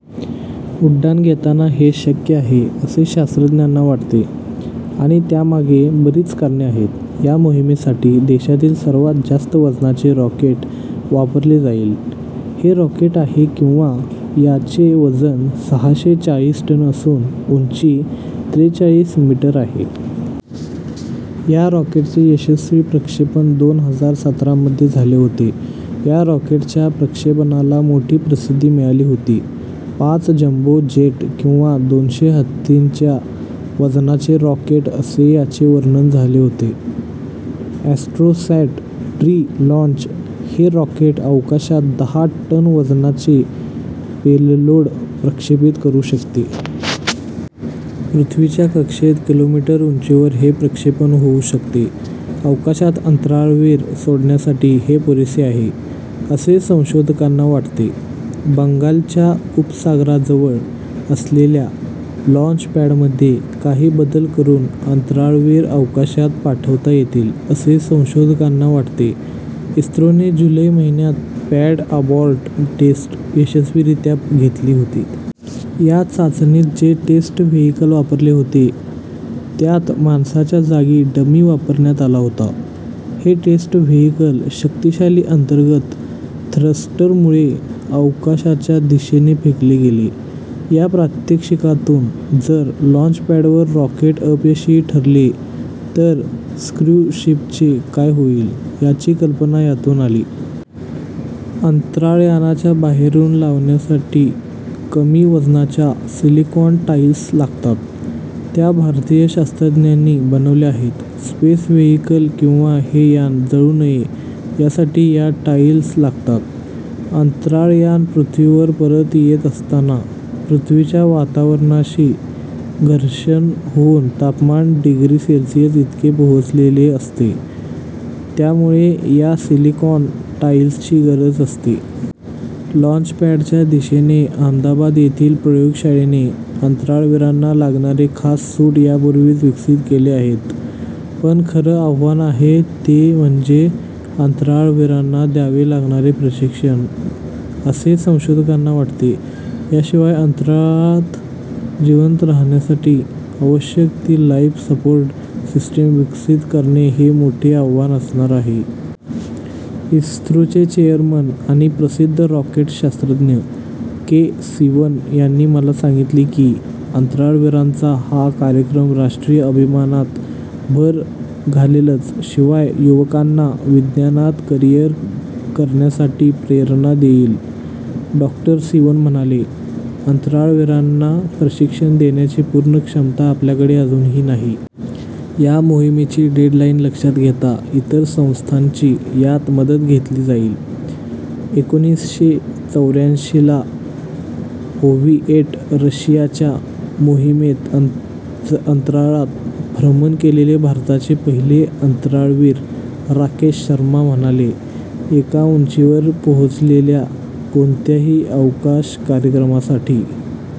उड्डाण घेताना. हे शक्य आहे, असे शास्त्रज्ञांना वाटते आणि त्यामागे बरीच कारणे आहेत. या मोहिमेसाठी देशातील सर्वांत जास्त वजनाचे रॉकेट वापरले जाईल. हे रॉकेट आहे किंवा -. याचे वजन सहाशे चाळीस टन असून उंची त्रेचाळीस मीटर आहे. या रॉकेटचे यशस्वी प्रक्षेपण दोन हजार सतरामध्ये झाले होते. या रॉकेटच्या प्रक्षेपणाला मोठी प्रसिद्धी मिळाली होती. पाच जंबो जेट किंवा दोनशे हत्तींच्या वजनाचे रॉकेट असे याचे वर्णन झाले होते. ॲस्ट्रोसॅट प्री लाँच हे रॉकेट अवकाशात दहा टन वजनाचे पेललोड प्रक्षेपित करू शकते. पृथ्वीच्या कक्षेत किलोमीटर उंचीवर हे प्रक्षेपण होऊ शकते. अवकाशात अंतराळवीर सोडण्यासाठी हे पुरेसे आहे, असे संशोधकांना वाटते. बंगालच्या उपसागराजवळ असलेल्या लाँचपॅडमध्ये काही बदल करून अंतराळवीर अवकाशात पाठवता येतील, असे संशोधकांना वाटते. इस्रोने जुलै महिन्यात पॅड अबॉर्ट टेस्ट यशस्वीरीत्या घेतली होती. या चाचणीत जे टेस्ट व्हेईकल वापरले होते त्यात माणसाच्या जागी डमी वापरण्यात आला होता. हे टेस्ट व्हेईकल शक्तिशाली अंतर्गत थ्रस्टरमुळे अवकाशाच्या दिशेने फेकले गेले. या प्रात्यक्षिकातून जर लाँचपॅडवर रॉकेट अपयशी ठरले तर क्र्यू शीपचे काय होईल, याची कल्पना यातून आली. अंतराळयानाच्या बाहेरून लावण्यासाठी कमी वजनाच्या सिलिकॉन टाईल्स लागतात. त्या भारतीय शास्त्रज्ञांनी बनवल्या आहेत. स्पेस व्हेईकल किंवा हे यान जळू नये यासाठी या टाईल्स लागतात. अंतराळयान पृथ्वीवर परत येत असताना पृथ्वीच्या वातावरणाशी घर्षण होऊन तापमान डिग्री सेल्सियस इतके पोहोचलेले असते, त्यामुळे या सिलिकॉन टाईल्सची गरज असते. लाँचपॅडच्या दिशेने अहमदाबाद येथील प्रयोगशाळेने अंतराळवीरांना लागणारे खास सूट यापूर्वीच विकसित केले आहेत. पण खरं आव्हान आहे ते म्हणजे अंतराळवीरांना द्यावे लागणारे प्रशिक्षण, असे संशोधकांना वाटते. याशिवाय अंतराळात जिवंत राहण्यासाठी आवश्यक ती लाईफ सपोर्ट सिस्टिम विकसित करणे, हे मोठे आव्हान असणार आहे. इस्रोचे चेअरमन आणि प्रसिद्ध रॉकेट शास्त्रज्ञ के. सीवन यांनी मला सांगितले की, "अंतराळवीरांचा हा कार्यक्रम राष्ट्रीय अभिमानात भर घालेलच शिवाय युवकांना विज्ञानात करिअर करण्यासाठी प्रेरणा देईल." डॉ. सीवन म्हणाले, "अंतराळवीरांना प्रशिक्षण देण्याची पूर्ण क्षमता आपल्याकडे अजूनही नाही. या मोहिमेची डेडलाईन लक्षात घेता इतर संस्थांची यात मदत घेतली जाईल." एकोणीसशे चौऱ्यांशीला सोव्हिएट रशियाच्या मोहिमेत अंतराळात भ्रमण केलेले भारताचे पहिले अंतराळवीर राकेश शर्मा म्हणाले, "एका उंचीवर पोहोचलेल्या कोणत्याही अवकाश कार्यक्रमासाठी